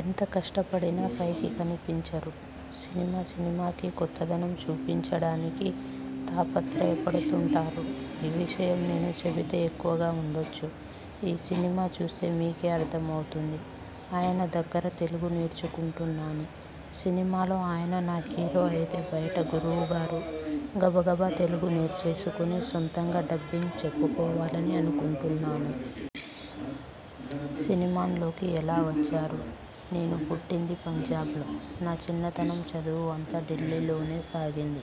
ఎంత కష్టపడినా, పైకి కనిపించరు. సినిమా సినిమాకీ కొత్తదనం చూపించడానికి తాపత్రయపడుతుంటారు. ఈ విషయం నేను చెబితే ఎక్కువగా ఉండొచ్చు, ఈ సినిమా చూస్తే మీకే అర్థమవుతుంది. ఆయన దగ్గర తెలుగు నేర్చుకుంటున్నాను. సినిమాలో ఆయన నా హీరో అయితే బయట గురువుగారు. గబగబా తెలుగు నేర్చేసుకుని సొంతగా డబ్బింగ్ చెప్పుకోవాలని అనుకుంటున్నాను. సినిమాల్లోకి ఎలా వచ్చారు? నేను పుట్టింది పంజాబ్లో. నా చిన్నతనం, చదువూ అంతా ఢిల్లీలోనే సాగింది.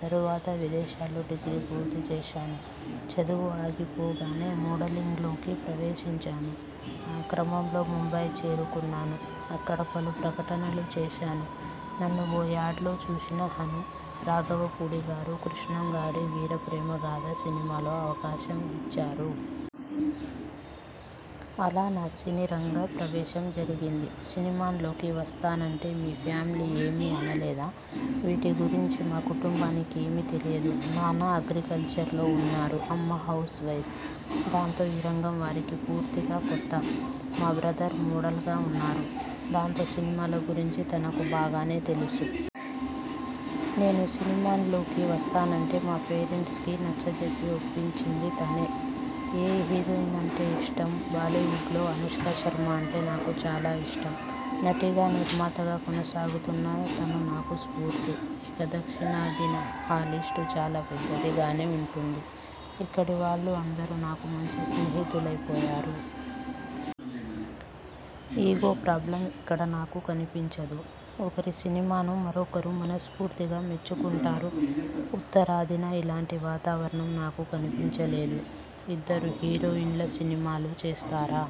తరువాత విదేశాల్లో డిగ్రీ పూర్తి చేశాను. చదువు అయిపోగానే మోడలింగ్లోకి ప్రవేశించాను. ఆ క్రమంలో ముంబాయి చేరుకున్నాను. అక్కడ పలు ప్రకటనలు చేశాను. నన్ను ఓ యాడ్లో చూసిన హను రాఘవపూడిగారు 'కృష్ణగాడి వీర ప్రేమ గాథ' సినిమాలో అవకాశం ఇచ్చారు. అలా నా సినీ రంగ ప్రవేశం జరిగింది. సినిమాల్లోకి వస్తానంటే మీ ఫ్యామిలీ ఏమీ అనలేదా? వీటి గురించి మా కుటుంబానికేమీ తెలియదు. నాన్న అగ్రికల్చర్లో ఉన్నారు. అమ్మ హౌస్వైఫ్. దాంతో ఈ రంగం వారికి పూర్తిగా కొత్త. మా బ్రదర్ మోడల్గా ఉన్నారు. దాంతో సినిమాల గురించి తనకు బాగానే తెలుసు. నేను సినిమాల్లోకి వస్తానంటే మా పేరెంట్స్కి నచ్చచెప్పి ఒప్పించింది. తనే! ఏ హీరోయిన్ అంటే ఇష్టం? బాలీవుడ్లో అనుష్కశర్మ అంటే నాకు చాలా ఇష్టం. నటిగా, నిర్మాతగా కొనసాగుతున్న తను నాకు స్ఫూర్తి. ఇక దక్షిణాదిన ఆ లిస్టు చాలా పెద్దదిగానే ఉంటుంది. ఇక్కడి వాళ్ళు అందరూ నాకు మంచి స్నేహితులైపోయారు. ఇగో ప్రాబ్లం ఇక్కడ నాకు కనిపించదు. ఒకరి సినిమాను మరొకరు మనస్పూర్తిగా మెచ్చుకుంటారు. ఉత్తరాదిన ఇలాంటి వాతావరణం నాకు కనిపించలేదు. ఇద్దరు హీరోయిన్ల సినిమాలు చేస్తారా?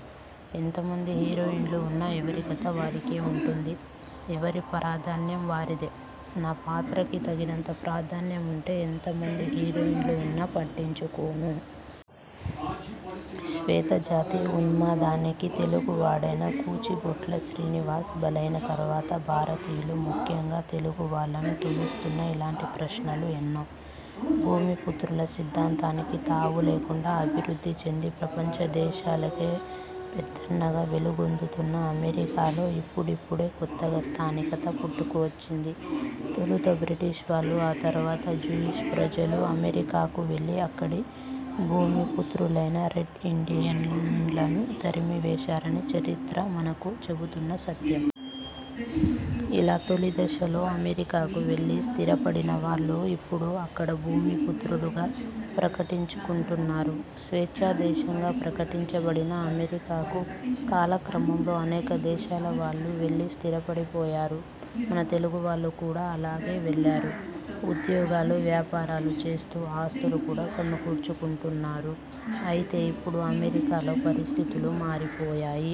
ఎంత మంది హీరోయిన్లు ఉన్నా ఎవరి కథ వారికే ఉంటుంది. ఎవరి ప్రాధాన్యం వారిదే! నా పాత్రకీ తగినంత ప్రాధాన్యం ఉంటే ఎంత మంది హీరోయిన్లు ఉన్నా పట్టించుకోను. శ్వేత జాతి ఉన్మాదానికి తెలుగువాడైన కూచిభొట్ల శ్రీనివాస్ బలైన తర్వాత భారతీయులు, ముఖ్యంగా తెలుగువాళ్లను తొలుస్తున్న ఇలాంటి ప్రశ్నలు ఎన్నో! భూమిపుత్రుల సిద్ధాంతానికి తావు లేకుండా అభివృద్ధి చెంది ప్రపంచ దేశాలకే పెద్దన్నగా వెలుగొందుతున్న అమెరికాలో ఇప్పుడిప్పుడే కొత్తగా స్థానికత పుట్టుకువచ్చింది. తొలుత బ్రిటిష్వాళ్లు, ఆ తర్వాత జూయిష్ ప్రజలు అమెరికాకు వెళ్లి అక్కడి భూమిపుత్రులైన రెడ్ ఇండియన్లను తరిమివేశారని చరిత్ర మనకు చెబుతున్న సత్యం. ఇలా తొలి దశలో అమెరికాకు వెళ్లి స్థిరపడిన వాళ్లు ఇప్పుడు అక్కడ భూమిపుత్రులుగా ప్రకటించుకుంటున్నారు. స్వేచ్ఛా దేశంగా ప్రకటించబడిన అమెరికాకు కాలక్రమంలో అనేక దేశాలవాళ్లు వెళ్లి స్థిరపడిపోయారు. మన తెలుగువాళ్లు కూడా అలాగే వెళ్లారు. ఉద్యోగాలు, వ్యాపారాలు చేస్తూ ఆస్తులు కూడా సమకూర్చుకుంటున్నారు. అయితే ఇప్పుడు అమెరికాలో పరిస్థితులు మారిపోయాయి.